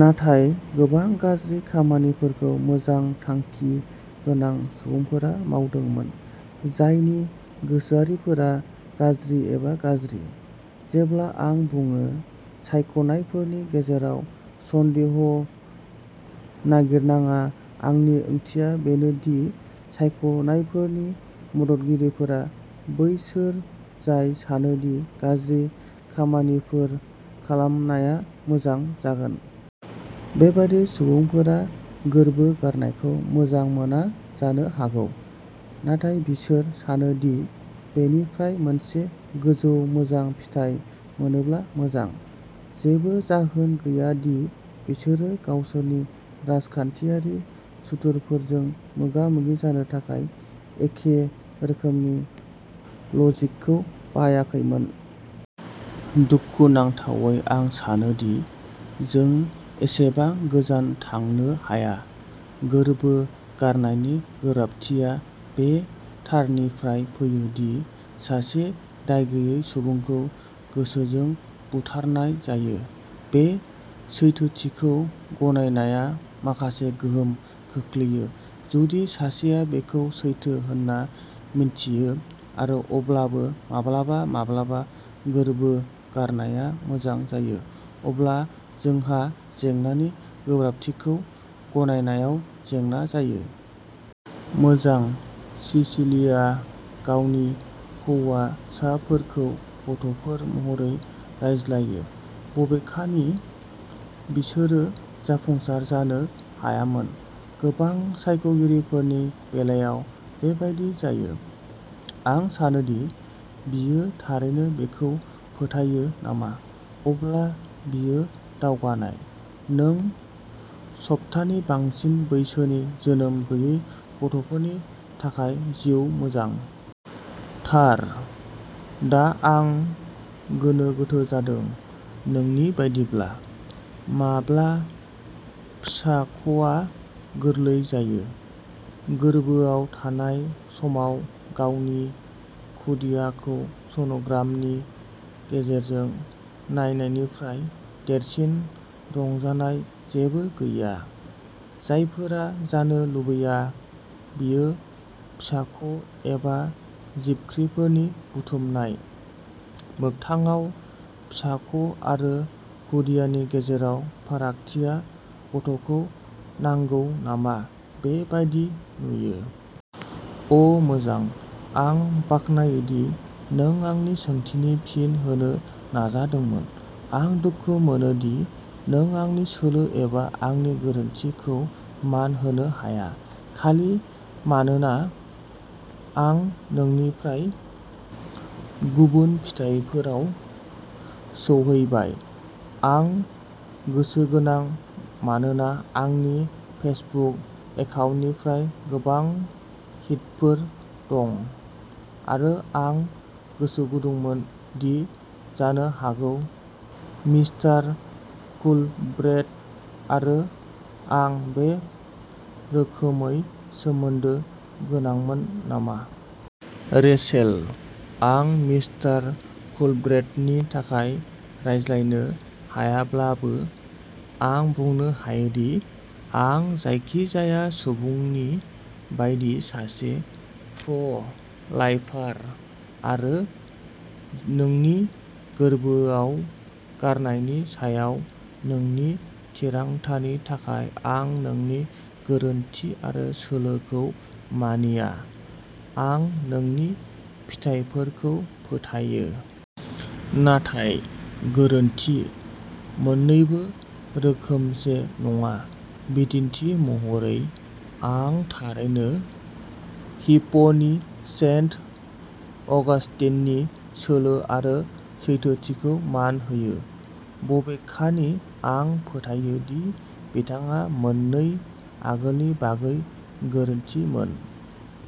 नाथाय गोबां गाज्रि खामानिफोरखौ मोजां थांखि गोनां सुबुंफोरा मावदोंमोन, जायनि गोसोआरिफोरा गाज्रि एबा गाज्रि। जेब्ला आं बुङो "सायख'नायफोरनि गेजेराव सन्देह'नागिरनाङा", आंनि ओंथिया बेनो दि सायख'नायफोरनि मददगिरिफोरा बैसोर जाय सानो दि गाज्रि खामानिफोर खालामनाया मोजां जागोन। बेबादि सुबुंफोरा गोर्बो गारनायखौ मोजां मोना जानो हागौ। नाथाय बिसोर सानो दि बेनिफ्राय मोनसे गोजौ मोजां फिथाय मोनोब्ला मोजां। जेबो जाहोन गैया दि बिसोरो गावसोरनि राजखान्थियारि सुथुरफोरजों मोगा-मोगि जानो थाखाय एखे रोखोमनि लजिकखौ बाहायाखैमोन। दुखुनांथावै आं सानो दि जों एसेबां गोजान थांनो हाया। गोर्बो गारनायनि गोब्राबथिया बे थारनिफ्राय फैयो दि सासे दायगैयै सुबुंखौ गोसोजों बुथारनाय जायो। बे सैथोथिखौ गनायनाया माखासे गोहोम खोख्लैयो। जुदि सासेया बेखौ सैथो होन्ना मिन्थियो, आरो अब्लाबो माब्लाबा माब्लाबा गोर्बो गारनाया मोजां जायो, अब्ला जोंहा "जेंनानि गोब्राबथिखौ गनायनायाव" जेंना जायो। मोजां, सिसिलिआ गावनि हौवासाफोरखौ गथ'फोर महरै रायज्लायो, बबेखानि बिसोरो जाफुंसार जानो हायामोन। गोबां सायख'गिरिफोरनि बेलायाव बेबादि जायो। आं सानो दि बियो थारैनो बेखौ फोथायो नामा। अब्ला बेयो दावगानाय! नों सप्तानि बांसिन बैसोनि जोनोम गैयै गथ'फोरनि थाखाय जिउ मोजां! थार? दा आं गोनो गोथो जादों। नोंनि बायदिब्ला, माब्ला फिसाख'आ गोरलै जायो? गोर्बोआव थानाय समाव, गावनि खुदियाखौ सन'ग्रामनि गेजेरजों नायनायनिफ्राय देरसिन रंजानाय जेबो गैया। जायफोरा जानो लुबैया, बेयो फिसाख'एबा जिबख्रिफोरनि बुथुमनाय। मोगथाङाव, फिसाख'आरो खुदियानि गेजेराव फारागथिया गथ'खौ नांगौ नामा, बे बायदि नुयो। अ'मोजां। आं बाख्नायो दि नों आंनि सोंथिनि फिन होनो नाजादोंमोन। आं दुखु मोनो दि नों आंनि सोलो एबा आंनि गोरोनथिखौ मान होनो हाया, खालि मानोना आं नोंनिनिफ्राय गुबुन फिथाइफोराव सौहैबाय। आं गोसोगोनां, मानोना आंनि फेसबुक एकाउन्टनिफ्राय गोबां हिटफोर दं, आरो आं गोसोगुदुंमोन दि जानो हागौ मिस्टार कुलब्रेथ आरो आं बे रोखोमै सोमोन्दो गोनांमोन नामा। रेचेल, आं मिस्टार कुलब्रेथनि थाखाय रायज्लायनो हायाब्लाबो, आं बुंनो हायोदि आं जायखिजाया सुबुंनि बायदि सासे प्र'- लाइफार, आरो नोंनि गोर्बोआव गारनायनि सायाव नोंनि थिरांथानि थाखाय आं नोंनि गोरोनथि आरो सोलोखौ मानिया। आं नोंनि फिथाइफोरखौ फोथायो। नाथाय, गोरोन्थि। मोननैबो रोखोमसे नङा। बिदिन्थि महरै, आं थारैनो हिप्प'नि सेन्ट अगास्टिननि सोलो आरो सैथोथिखौ मान होयो, बबेखानि आं फोथायो दि बिथाङा मोननै आगोलनि बागै गोरोन्थिमोन।